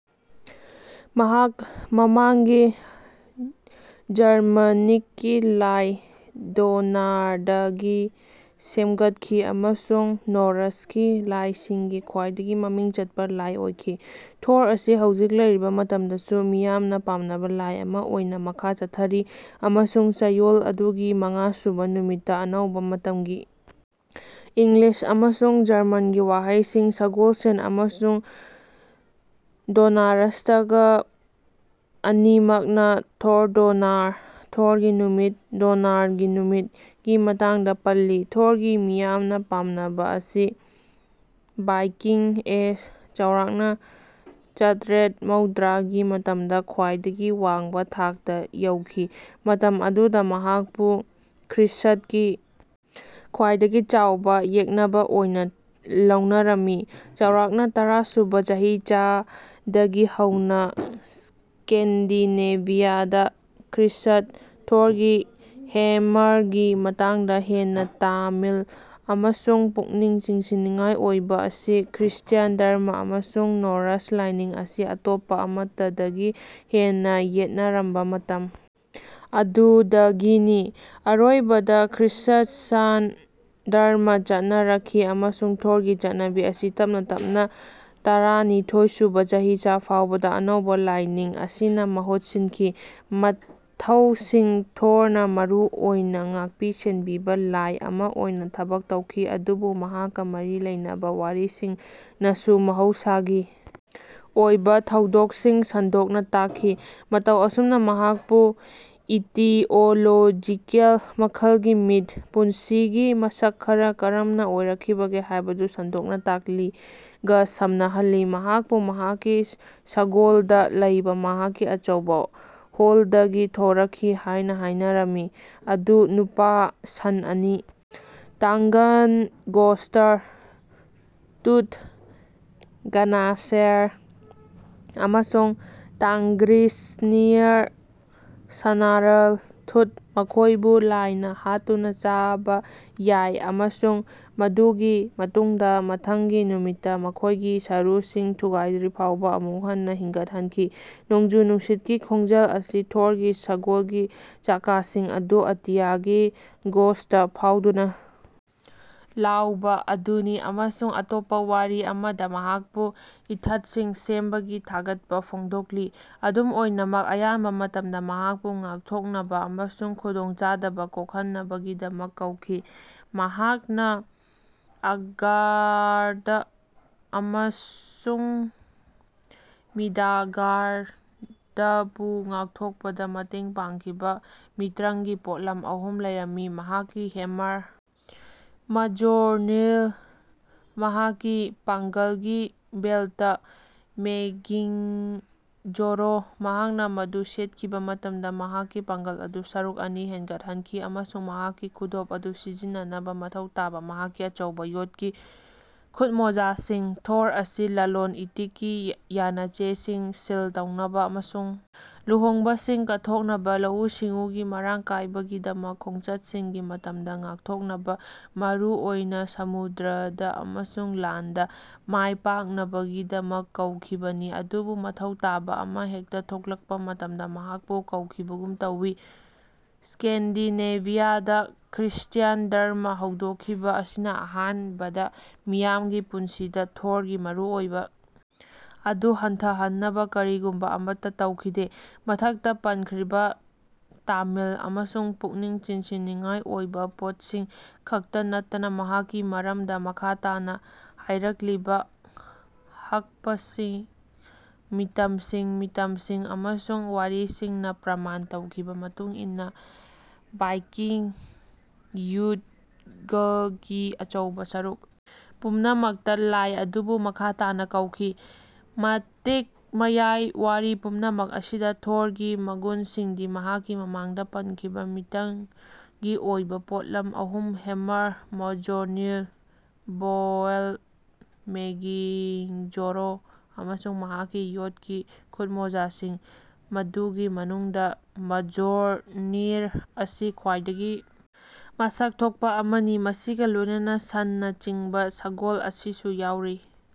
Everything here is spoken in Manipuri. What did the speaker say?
ꯃꯍꯥꯛ ꯃꯃꯥꯡꯒꯤ ꯖꯔꯃꯅꯤꯛꯀꯤ ꯂꯥꯏ ꯗꯣꯅꯥꯔꯗꯒꯤ ꯁꯦꯝꯒꯠꯈꯤ ꯑꯃꯁꯨꯡ ꯅꯣꯔ꯭ꯁꯀꯤ ꯂꯥꯏꯁꯤꯡꯒꯤ ꯈ꯭ꯋꯥꯏꯗꯒꯤ ꯃꯃꯤꯡ ꯆꯠꯄ ꯂꯥꯏ ꯑꯣꯏꯈꯤ꯫ ꯊꯣꯔ ꯑꯁꯤ ꯍꯧꯖꯤꯛ ꯂꯩꯔꯤꯕ ꯃꯇꯝꯗꯁꯨ ꯃꯤꯌꯥꯝꯅ ꯄꯥꯝꯅꯕ ꯂꯥꯏ ꯑꯃ ꯑꯣꯏꯅ ꯃꯈꯥ ꯆꯠꯊꯔꯤ, ꯑꯃꯁꯨꯡ ꯆꯌꯣꯜ ꯑꯗꯨꯒꯤ ꯃꯉꯥꯁꯨꯕ ꯅꯨꯃꯤꯠꯇ ꯑꯅꯧꯕ ꯃꯇꯝꯒꯤ ꯏꯪꯂꯤꯁ ꯑꯃꯁꯨꯡ ꯖꯔꯃꯟꯒꯤ ꯋꯥꯍꯩꯁꯤꯡ ꯁꯒꯣꯜꯁꯦꯟ ꯑꯃꯁꯨꯡ ꯗꯣꯅꯔꯁ꯭ꯇꯥꯒ ꯑꯅꯤꯃꯛꯅ ꯊꯣꯔꯗꯣꯅꯥꯔ ("ꯊꯣꯔꯒꯤ ꯅꯨꯃꯤꯠ ꯗꯣꯅꯥꯔꯒꯤ ꯅꯨꯃꯤꯠ")ꯒꯤ ꯃꯇꯥꯡꯗ ꯄꯜꯂꯤ꯫ ꯊꯣꯔꯒꯤ ꯃꯤꯌꯥꯝꯅ ꯄꯥꯝꯅꯕ ꯑꯁꯤ ꯚꯥꯏꯀꯤꯡ ꯑꯦꯖ (ꯆꯥꯎꯔꯥꯛꯅ ꯆꯠꯔꯦꯠ ꯃꯧꯗ꯭ꯔ)ꯒꯤ ꯃꯇꯝꯗ ꯈ꯭ꯋꯥꯏꯗꯒꯤ ꯋꯥꯡꯕ ꯊꯥꯛꯇ ꯌꯧꯈꯤ, ꯃꯇꯝ ꯑꯗꯨꯗ ꯃꯍꯥꯛꯄꯨ ꯈ꯭ꯔꯤꯁ꯭ꯠꯀꯤ ꯈ꯭ꯋꯥꯏꯗꯒꯤ ꯆꯥꯎꯕ ꯌꯦꯛꯅꯕ ꯑꯣꯏꯅ ꯂꯧꯅꯔꯝꯃꯤ, ꯆꯥꯎꯔꯥꯛꯅ ꯇꯔꯥ ꯁꯨꯕ ꯆꯍꯤꯆꯥꯗꯒꯤ ꯍꯧꯅ, ꯁ꯭ꯀꯦꯟꯗꯤꯅꯦꯚꯤꯌꯥꯗ ꯈ꯭ꯔꯤꯁ꯭ꯠ꯫ ꯊꯣꯔꯒꯤ ꯍꯦꯝꯃꯔꯒꯤ ꯃꯇꯥꯡꯗ ꯍꯦꯟꯅ ꯇꯥꯃꯤꯜ ꯑꯃꯁꯨꯡ ꯄꯨꯛꯅꯤꯡ ꯆꯤꯡꯁꯤꯟꯅꯤꯡꯉꯥꯏ ꯑꯣꯏꯕ ꯑꯁꯤ ꯈ꯭ꯔꯤꯁ꯭ꯇ꯭ꯌꯥꯟ ꯙꯔꯃꯥ ꯑꯃꯁꯨꯡ ꯅꯣꯔ꯭ꯁ ꯂꯥꯏꯅꯤꯡ ꯑꯁꯤ ꯑꯇꯣꯞꯄ ꯑꯃꯠꯇꯗꯒꯤ ꯍꯦꯟꯅ ꯌꯦꯠꯅꯔꯝꯕ ꯃꯇꯝ ꯑꯗꯨꯗꯒꯤꯅꯤ꯫ ꯑꯔꯣꯏꯕꯗ ꯈ꯭ꯔꯤꯁꯠꯁꯥꯟ ꯙꯔꯃꯥ ꯆꯠꯅꯔꯛꯈꯤ ꯑꯃꯁꯨꯡ ꯊꯣꯔꯒꯤ ꯆꯠꯅꯕꯤ ꯑꯁꯤ ꯇꯞꯅ-ꯇꯞꯅ ꯇꯔꯥꯅꯤꯊꯣꯏꯁꯨꯕ ꯆꯍꯤꯆꯥ ꯐꯥꯎꯕꯗ ꯑꯅꯧꯕ ꯂꯥꯏꯅꯤꯡ ꯑꯁꯤꯅ ꯃꯍꯨꯠ ꯁꯤꯟꯈꯤ꯫ ꯃꯊꯧꯁꯤꯡ ꯊꯣꯔꯅ ꯃꯔꯨ ꯑꯣꯏꯅ ꯉꯥꯛꯄꯤ-ꯁꯦꯟꯕꯤꯕ-ꯂꯥꯏ ꯑꯃ ꯑꯣꯏꯅ ꯊꯕꯛ ꯇꯧꯈꯤ, ꯑꯗꯨꯕꯨ ꯃꯍꯥꯛꯀ ꯃꯔꯤ ꯂꯩꯅꯕ ꯋꯥꯔꯤꯁꯤꯡꯅꯁꯨ ꯃꯍꯧꯁꯥꯒꯤ ꯑꯣꯏꯕ ꯊꯧꯗꯣꯛꯁꯤꯡ ꯁꯟꯗꯣꯛꯅ ꯇꯥꯛꯈꯤ, ꯃꯇꯧ ꯑꯁꯨꯝꯅ ꯃꯍꯥꯛꯄꯨ ꯏꯇꯤꯑꯣꯂꯣꯖꯤꯀꯦꯜ ꯃꯈꯜꯒꯤ ꯃꯤꯊ (ꯄꯨꯟꯁꯤꯒꯤ ꯃꯁꯛ ꯈꯔ ꯀꯔꯝꯅ ꯑꯣꯏꯔꯛꯈꯤꯕꯒꯦ ꯍꯥꯏꯕꯗꯨ ꯁꯟꯗꯣꯛꯅ ꯇꯥꯛꯂꯤ)ꯒ ꯁꯝꯅꯍꯜꯂꯤ꯫ ꯃꯍꯥꯛꯄꯨ ꯃꯍꯥꯛꯀꯤ ꯁꯒꯣꯜꯗ ꯂꯩꯕ ꯃꯍꯥꯛꯀꯤ ꯑꯆꯧꯕ ꯍꯣꯜꯗꯒꯤ ꯊꯣꯔꯛꯈꯤ ꯍꯥꯏꯅ ꯍꯥꯏꯅꯔꯝꯃꯤ, ꯑꯗꯨ ꯅꯨꯄꯥ ꯁꯟ ꯑꯅꯤ ꯇꯥꯡꯒꯟꯒꯣꯁ꯭ꯇ꯭ꯔ (ꯇꯨꯊ ꯒꯅꯥꯁꯦꯔ) ꯑꯃꯁꯨꯡ ꯇꯥꯡꯒ꯭ꯔꯤꯁꯅꯤꯔ (ꯁ꯭ꯅꯥꯔꯜ ꯊꯨꯠ) ꯃꯈꯣꯏꯕꯨ ꯂꯥꯏꯅ ꯍꯥꯠꯇꯨꯅ ꯆꯥꯕ ꯌꯥꯏ ꯑꯃꯁꯨꯡ ꯃꯗꯨꯒꯤ ꯃꯇꯨꯡꯗ ꯃꯊꯪꯒꯤ ꯅꯨꯃꯤꯠꯇ ꯃꯈꯣꯏꯒꯤ ꯁꯔꯨꯁꯤꯡ ꯊꯨꯒꯥꯏꯗ꯭ꯔꯤꯐꯥꯎꯕ ꯑꯃꯨꯛ ꯍꯟꯅ ꯍꯤꯡꯒꯠꯍꯟꯈꯤ꯫ ꯅꯣꯡꯖꯨ-ꯅꯨꯡꯁꯤꯠꯀꯤ ꯈꯣꯟꯖꯦꯜ ꯑꯁꯤ ꯊꯣꯔꯒꯤ ꯁꯒꯣꯜꯒꯤ ꯆꯀꯥꯁꯤꯡ ꯑꯗꯨ ꯑꯇꯤꯌꯥꯒꯤ ꯒꯣꯁꯇ ꯐꯥꯎꯗꯨꯅ ꯂꯥꯎꯕ ꯑꯗꯨꯅꯤ ꯑꯃꯁꯨꯡ ꯑꯇꯣꯞꯄ ꯋꯥꯔꯤ ꯑꯃꯗ, ꯃꯍꯥꯛꯄꯨ ꯏꯊꯠꯁꯤꯡ ꯁꯦꯝꯕꯒꯤ ꯊꯥꯒꯠꯄ ꯐꯣꯡꯗꯣꯛꯂꯤ꯫ ꯑꯗꯨꯝ ꯑꯣꯏꯅꯃꯛ, ꯑꯌꯥꯝꯕ ꯃꯇꯝꯗ, ꯃꯍꯥꯛꯄꯨ ꯉꯥꯛꯊꯣꯛꯅꯕ ꯑꯃꯁꯨꯡ ꯈꯨꯗꯣꯡꯆꯥꯗꯕ ꯀꯣꯛꯍꯟꯅꯕꯒꯤꯗꯃꯛ ꯀꯧꯈꯤ꯫ ꯃꯍꯥꯛꯅ ꯑꯒꯥꯔ꯭ꯗ ꯑꯃꯁꯨꯡ ꯃꯤꯗꯒꯥꯔ꯭ꯗꯄꯨ ꯉꯥꯛꯊꯣꯛꯄꯗ ꯃꯇꯦꯡ ꯄꯥꯡꯈꯤꯕ ꯃꯤꯇ꯭ꯔꯪꯒꯤ ꯄꯣꯠꯂꯝ ꯑꯍꯨꯝ ꯂꯩꯔꯝꯃꯤ꫰ꯃꯍꯥꯛꯀꯤ ꯍꯦꯝꯃꯔ ꯃꯖꯣꯔꯅꯤꯜ, ꯃꯍꯥꯛꯀꯤ ꯄꯥꯡꯒꯜꯒꯤ ꯕꯦꯜ꯭ꯇ ꯃꯦꯒꯤꯡꯖꯣꯔꯣ (ꯃꯍꯥꯛꯅ ꯃꯗꯨ ꯁꯦꯠꯈꯤꯕ ꯃꯇꯝꯗ ꯃꯍꯥꯛꯀꯤ ꯄꯥꯡꯒꯜ ꯑꯗꯨ ꯁꯔꯨꯛ ꯑꯅꯤ ꯍꯦꯟꯒꯠꯍꯟꯈꯤ), ꯑꯃꯁꯨꯡ ꯃꯍꯥꯛꯀꯤ ꯈꯨꯗꯣꯞ ꯑꯗꯨ ꯁꯤꯖꯤꯟꯅꯅꯕ ꯃꯊꯧ ꯇꯥꯕ ꯃꯍꯥꯛꯀꯤ ꯑꯆꯧꯕ ꯌꯣꯠꯀꯤ ꯈꯨꯠꯃꯣꯖꯥꯁꯤꯡ꯫ ꯊꯣꯔ ꯑꯁꯤ ꯂꯂꯣꯟ-ꯏꯇꯤꯛꯀꯤ ꯌꯥꯅꯆꯦꯁꯤꯡ ꯁꯤꯜ ꯇꯧꯅꯕ ꯑꯃꯁꯨꯡ ꯂꯨꯍꯣꯡꯕꯁꯤꯡ ꯀꯠꯊꯣꯛꯅꯕ, ꯂꯧꯎ-ꯁꯤꯡꯎꯒꯤ ꯃꯔꯥꯡ ꯀꯥꯏꯕꯒꯤꯗꯃꯛ, ꯈꯣꯡꯆꯠꯁꯤꯡꯒꯤ ꯃꯇꯝꯗ ꯉꯥꯛꯊꯣꯛꯅꯕ (ꯃꯔꯨꯑꯣꯏꯅ ꯁꯃꯨꯗ꯭ꯔꯗ) ꯑꯃꯁꯨꯡ ꯂꯥꯟꯗ ꯃꯥꯏꯄꯥꯛꯅꯕꯒꯤꯗꯃꯛ ꯀꯧꯈꯤꯕꯅꯤ, ꯑꯗꯨꯕꯨ ꯃꯊꯧ ꯇꯥꯕ ꯑꯃꯍꯦꯛꯇ ꯊꯣꯛꯂꯛꯄ ꯃꯇꯝꯗ ꯃꯍꯥꯛꯄꯨ ꯀꯧꯈꯤꯕꯒꯨꯝ ꯇꯧꯋꯤ꯫ ꯁ꯭ꯀꯦꯟꯗꯤꯅꯦꯚꯤꯌꯥꯗ ꯈ꯭ꯔꯤꯁ꯭ꯇ꯭ꯌꯥꯟ ꯙꯔꯃꯥ ꯍꯧꯗꯣꯛꯈꯤꯕ ꯑꯁꯤꯅ ꯑꯍꯥꯟꯕꯗ ꯃꯤꯌꯥꯝꯒꯤ ꯄꯨꯟꯁꯤꯗ ꯊꯣꯔꯒꯤ ꯃꯔꯨꯑꯣꯏꯕ ꯑꯗꯨ ꯍꯟꯊꯍꯟꯅꯕ ꯀꯔꯤꯒꯨꯝꯕ ꯑꯃꯠꯇ ꯇꯧꯈꯤꯗꯦ꯫ ꯃꯊꯛꯇ ꯄꯟꯈ꯭ꯔꯤꯕ ꯇꯥꯃꯤꯜ ꯑꯃꯁꯨꯡ ꯄꯨꯛꯅꯤꯡ ꯆꯤꯡꯁꯤꯟꯅꯤꯡꯉꯥꯏ ꯑꯣꯏꯕ ꯄꯣꯠꯁꯤꯡ ꯈꯛꯇ ꯅꯠꯇꯅ ꯃꯍꯥꯛꯀꯤ ꯃꯔꯝꯗ ꯃꯈꯥ ꯇꯥꯅ ꯍꯥꯏꯔꯛꯂꯤꯕ ꯍꯛꯄꯁꯤꯡ, ꯃꯤꯇꯝꯁꯤꯡ, ꯃꯤꯇꯝꯁꯤꯡ ꯑꯃꯁꯨꯡ ꯋꯥꯔꯤꯁꯤꯡꯅ ꯄ꯭ꯔꯃꯥꯟ ꯇꯧꯈꯤꯕ ꯃꯇꯨꯡ ꯏꯟꯅ ꯚꯥꯏꯀꯤꯡ ꯌꯨꯠꯒꯀꯤ ꯑꯆꯧꯕ ꯁꯔꯨꯛ ꯄꯨꯝꯅꯃꯛꯇ ꯂꯥꯏ ꯑꯗꯨꯕꯨ ꯃꯈꯥ ꯇꯥꯅ ꯀꯧꯈꯤ꯫ ꯃꯇꯤꯛ ꯃꯌꯥꯏ ꯋꯥꯔꯤ ꯄꯨꯝꯅꯃꯛ ꯑꯁꯤꯗ, ꯊꯣꯔꯒꯤ ꯃꯒꯨꯟꯁꯤꯡꯗꯤ ꯃꯍꯥꯛꯀꯤ ꯃꯃꯥꯡꯗ ꯄꯟꯈꯤꯕ ꯃꯤꯇ꯭ꯔꯪꯒꯤ ꯑꯣꯏꯕ ꯄꯣꯠꯂꯝ ꯑꯍꯨꯝ ꯍꯦꯝꯃꯔ ꯃꯖꯣꯔꯅꯤꯜ, ꯕꯦꯜꯠ ꯃꯦꯒꯤꯡꯖꯣꯔꯣ, ꯑꯃꯁꯨꯡ ꯃꯍꯥꯛꯀꯤ ꯌꯣꯠꯀꯤ ꯈꯨꯠꯃꯣꯖꯥꯁꯤꯡ, ꯃꯗꯨꯒꯤ ꯃꯅꯨꯡꯗ ꯃꯖꯣꯔꯅꯤꯔ ꯑꯁꯤ ꯈ꯭ꯋꯥꯏꯗꯒꯤ ꯃꯁꯛ ꯊꯣꯛꯄ ꯑꯃꯅꯤ ꯃꯁꯤꯒ ꯂꯣꯏꯅꯅ ꯁꯟꯅ ꯆꯤꯡꯕ ꯁꯒꯣꯜ ꯑꯁꯤꯁꯨ ꯌꯥꯎꯔꯤ꯫